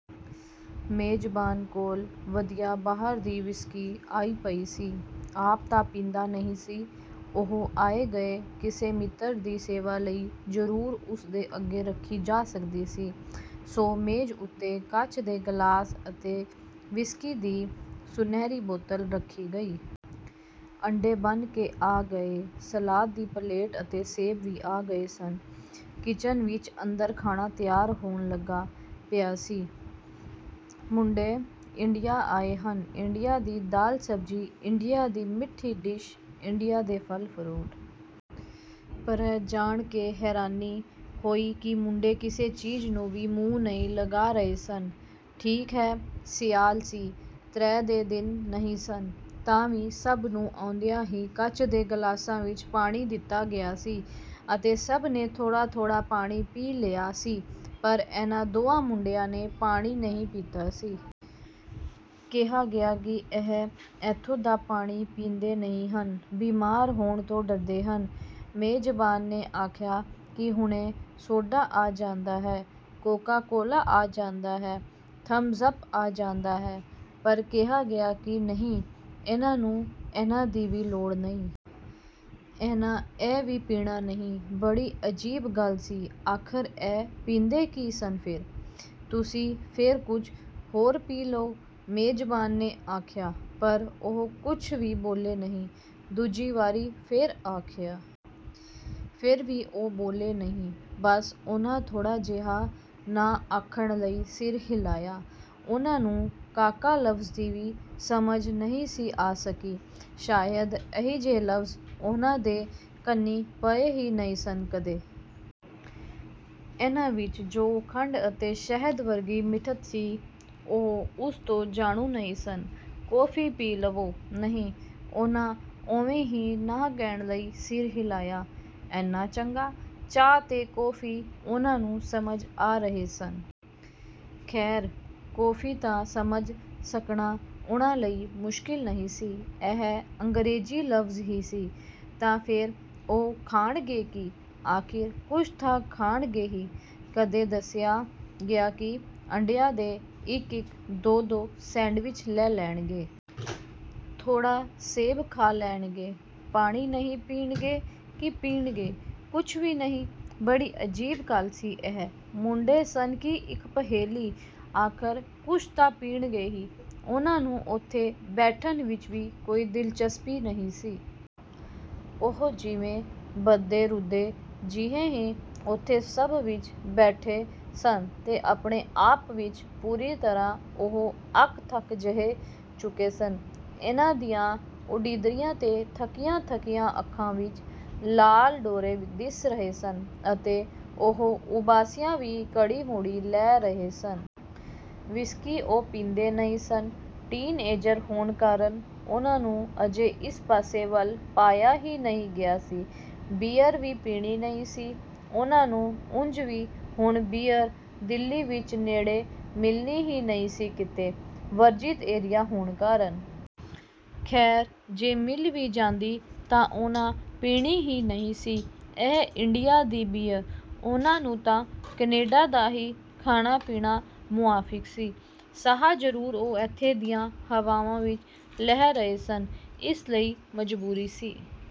ਮੇਜ਼ਬਾਨ ਕੋਲ ਵਧੀਆ ਬਾਹਰ ਦੀ ਵਿਸਕੀ ਆਈ ਪਈ ਸੀ। ਆਪ ਤਾਂ ਪੀਂਦਾ ਨਹੀਂ ਸੀ ਉਹ ਆਏ ਗਏ ਕਿਸੇ ਮਿੱਤਰ ਦੀ ਸੇਵਾ ਲਈ ਜ਼ਰੂਰ ਉਸ ਦੇ ਅੱਗੇ ਰੱਖੀ ਜਾ ਸਕਦੀ ਸੀ। ਸੋ ਮੇਜ਼ ਉਤੇ ਕੱਚ ਦੇ ਗਲਾਸ ਅਤੇ ਵਿਸਕੀ ਦੀ ਸੁਨਹਿਰੀ ਬੋਤਲ ਰੱਖੀ ਗਈ। ਅੰਡੇ ਬਣ ਕੇ ਆ ਗਏ। ਸਲਾਦ ਦੀ ਪਲੇਟ ਅਤੇ ਸੇਬ ਵੀ ਆ ਗਏ ਸਨ। ਕਿਚਨ ਵਿਚ ਅੰਦਰ ਖਾਣਾ ਤਿਆਰ ਹੋਣ ਲੱਗ ਪਿਆ ਸੀ। ਮੁੰਡੇ ਇੰਡੀਆ ਆਏ ਹਨ। ਇੰਡੀਆ ਦੀ ਦਾਲ-ਸਬਜ਼ੀ ਇੰਡੀਆ ਦੀ ਮਿੱਠੀ ਡਿਸ਼, ਇੰਡੀਆ ਦੇ ਫਲ-ਫਰੂਟ। ਪਰ ਇਹ ਜਾਣ ਕੇ ਹੈਰਾਨੀ ਹੋਈ ਕਿ ਮੁੰਡੇ ਕਿਸੇ ਚੀਜ਼ ਨੂੰ ਵੀ ਮੂੰਹ ਨਹੀਂ ਲਾ ਰਹੇ ਸਨ। ਠੀਕ ਹੈ, ਸਿਆਲ ਸੀ, ਤ੍ਰੇਹ ਦੇ ਦਿਨ ਨਹੀਂ ਸਨ, ਤਾਂ ਵੀ ਸਭ ਨੂੰ ਆਉਂਦਿਆਂ ਹੀ ਕੱਚ ਦੇ ਗਲਾਸਾਂ ਵਿਚ ਪਾਣੀ ਦਿੱਤਾ ਗਿਆ ਸੀ ਅਤੇ ਸਭ ਨੇ ਥੋੜ੍ਹਾ-ਥੋੜ੍ਹਾ ਪਾਣੀ ਪੀ ਵੀ ਲਿਆ ਸੀ ਪਰ ਇਹਨਾਂ ਦੋਹਾਂ ਮੁੰਡਿਆਂ ਨੇ ਪਾਣੀ ਨਹੀਂ ਪੀਤਾ ਸੀ। ਕਿਹਾ ਗਿਆ ਕਿ ਇਹ ਏਥੋਂ ਦਾ ਪਾਣੀ ਪੀਂਦੇ ਨਹੀਂ ਹਨ। ਬੀਮਾਰ ਹੋਣ ਤੋਂ ਡਰਦੇ ਹਨ। ਮੇਜ਼ਬਾਨ ਨੇ ਆਖਿਆ ਕਿ ਹੁਣੇ ਸੋਡਾ ਆ ਜਾਂਦਾ ਹੈ, ਕੋਕਾ ਕੋਲਾ ਆ ਜਾਂਦਾ ਹੈ, ਥਮਜ਼ ਅੱਪ ਆ ਜਾਂਦਾ ਹੈ ਪਰ ਕਿਹਾ ਗਿਆ ਕਿ ਨਹੀਂ, ਇਹਨਾਂ ਨੂੰ ਇਹਨਾਂ ਦੀ ਵੀ ਲੋੜ ਨਹੀਂ। ਇਹਨਾਂ ਇਹ ਵੀ ਪੀਣਾ ਨਹੀਂ। ਬੜੀ ਅਜੀਬ ਗੱਲ ਸੀ। ਆਖ਼ਰ ਇਹ ਪੀਂਦੇ ਕੀ ਸਨ ਫੇਰ? ਤੁਸੀਂ ਫੇਰ ਕੁੱਝ ਹੋਰ ਪੀ ਲਓ। " ਮੇਜ਼ਬਾਨ ਨੇ ਆਖਿਆ ਪਰ ਉਹ ਕੁਝ ਵੀ ਬੋਲੇ ਨਹੀਂ। ਦੂਜੀ ਵਾਰੀ ਫੇਰ ਆਖਿਆ। ਫੇਰ ਵੀ ਉਹ ਬੋਲੇ ਨਹੀਂ। ਬੱਸ ਉਹਨਾਂ ਥੋੜ੍ਹਾ ਜਿਹਾ ਨਾਂਹ ਆਖਣ ਲਈ ਸਿਰ ਹਿਲਾਇਆ। ਉਹਨਾਂ ਨੂੰ "ਕਾਕਾ" ਲਫ਼ਜ਼ ਦੀ ਵੀ ਸਮਝ ਨਹੀਂ ਆ ਸਕੀ ਸੀ। ਸ਼ਾਇਦ ਅਜਿਹੇ ਲਫ਼ਜ਼ ਉਹਨਾਂ ਦੇ ਕੰਨੀ ਪਏ ਹੀ ਨਹੀਂ ਸਨ ਕਦੇ। ਇਹਨਾਂ ਵਿਚ ਜੋ ਖੰਡ ਅਤੇ ਸ਼ਹਿਦ ਵਰਗੀ ਮਿੱਠਤ ਸੀ, ਉਹ ਉਸ ਤੋਂ ਜਾਣੂ ਨਹੀਂ ਸਨ। "ਕੌਫੀ ਪੀ ਲਵੋ? " "ਨਹੀਂ" ਉਹਨਾਂ ਉਵੇਂ ਹੀ ਨਾਂਹ ਕਹਿਣ ਲਈ ਸਿਰ ਹਿਲਾਇਆ। ਏਨਾ ਚੰਗਾ, ਚਾਹ ਤੇ ਕੌਫ਼ੀ ਉਹਨਾਂ ਨੂੰ ਸਮਝ ਆ ਰਹੇ ਸਨ। ਖ਼ੈਰ, ਕੌਫ਼ੀ ਤਾਂ ਸਮਝ ਸਕਣਾ ਉਹਨਾਂ ਲਈ ਮੁਸ਼ਕਿਲ ਨਹੀਂ ਸੀ। ਇਸ ਅੰਗਰੇਜ਼ੀ ਲਫ਼ਜ਼ ਹੀ ਸੀ। ਤਾਂ ਫੇਰ, ਉਹ ਖਾਣਗੇ ਕੀ? ਆਖ਼ਿਰ ਕੁੱਝ ਤਾਂ ਖਾਣਗੇ ਹੀ? ਕਦੇ ਦੱਸਿਆ ਗਿਆ ਕਿ ਅੰਡਿਆਂ ਦੇ ਇਕ-ਇਕ ਦੋ-ਦੋ ਸੈਂਡਵਿਚ ਲੈ ਲੈਣਗੇ। ਥੋੜ੍ਹਾ ਸੇਬ ਖਾ ਲੈਣਗੇ। ਪਾਣੀ ਨਹੀਂ ਪੀਣਗੇ। ਕੀ ਪੀਣਗੇ? ਕੁਝ ਵੀ ਨਹੀਂ। ਬੜੀ ਅਜੀਬ ਗੱਲ ਸੀ ਇਹ। ਮੁੰਡੇ ਸਨ ਕਿ ਇਕ ਪਹੇਲੀ। ਆਖ਼ਰ ਕੁਝ ਤਾਂ ਪੀਣਗੇ ਹੀ? ਉਹਨਾਂ ਨੂੰ ਉਥੇ ਬੈਠਣ ਵਿਚ ਵੀ ਕੋਈ ਦਿਲਚਸਪੀ ਨਹੀਂ ਸੀ। ਉਹ ਜਿਵੇਂ ਬੱਧੇ ਰੁੱਧੇ ਜਿਹੇ ਹੀ ਉਥੇ ਸਭ ਵਿਚ ਬੈਠੇ ਸਨ ਤੇ ਆਪਣੇ ਆਪ ਵਿਚ ਪੂਰੀ ਤਰ੍ਹਾਂ ਉਹ ਅੱਕ-ਥੱਕ ਜਿਹੇ ਚੁੱਕੇ ਸਨ। ਇਹਨਾਂ ਦੀਆਂ ਉਣੀਂਦਰੀਆਂ ਤੇ ਥੱਕੀਆਂ-ਥੱਕੀਆਂ ਅੱਖਾਂ ਵਿਚ ਲਾਲ ਡੋਰੇ ਦਿਸ ਰਹੇ ਸਨ ਅਤੇ ਉਹ ਉਬਾਸੀਆਂ ਵੀ ਘੜੀ ਮੁੜੀ ਲੈ ਰਹੇ ਸਨ। ਵਿਸਕੀ ਉਹ ਪੀਂਦੇ ਨਹੀਂ ਸਨ। ਟੀਨ ਏਜ਼ਰ ਹੋਣ ਕਾਰਨ ਉਹਨਾਂ ਨੂੰ ਅਜੇ ਇਸ ਪਾਸੇ ਵੱਲ ਪਾਇਆ ਹੀ ਨਹੀਂ ਗਿਆ ਸੀ। ਬੀਅਰ ਵੀ ਪੀਣੀ ਨਹੀਂ ਸੀ। ਉਹਨਾਂ ਨੂੰ ਉਂਝ ਵੀ ਹੁਣ ਬੀਅਰ ਦਿੱਲੀ ਵਿਚ ਨੇੜੇ ਮਿਲਣੀ ਹੀ ਨਹੀਂ ਸੀ ਕਿਤੇ, ਵਰਜਿਤ ਏਰੀਆ ਹੋਣ ਕਾਰਨ। ਖ਼ੈਰ, ਜੇ ਮਿਲ ਵੀ ਜਾਂਦੀ ਤਾਂ ਉਹਨਾਂ ਪੀਣੀ ਹੀ ਨਹੀਂ ਸੀ ਇਹ ਇੰਡੀਆ ਦੀ ਬੀਅਰ। ਉਹਨਾਂ ਨੂੰ ਤਾਂ ਕੈਨੇਡਾ ਦਾ ਹੀ ਖਾਣਾ-ਪੀਣਾ ਮੁਆਫ਼ਿਕ ਸੀ। ਸਾਹ ਜ਼ਰੂਰ ਉਹ ਏਥੇ ਦੀਆਂ ਹਵਾਵਾਂ ਵਿਚ ਲੈ ਰਹੇ ਸਨ। ਇਸ ਲਈ ਮਜ਼ਬੂਰੀ ਸੀ।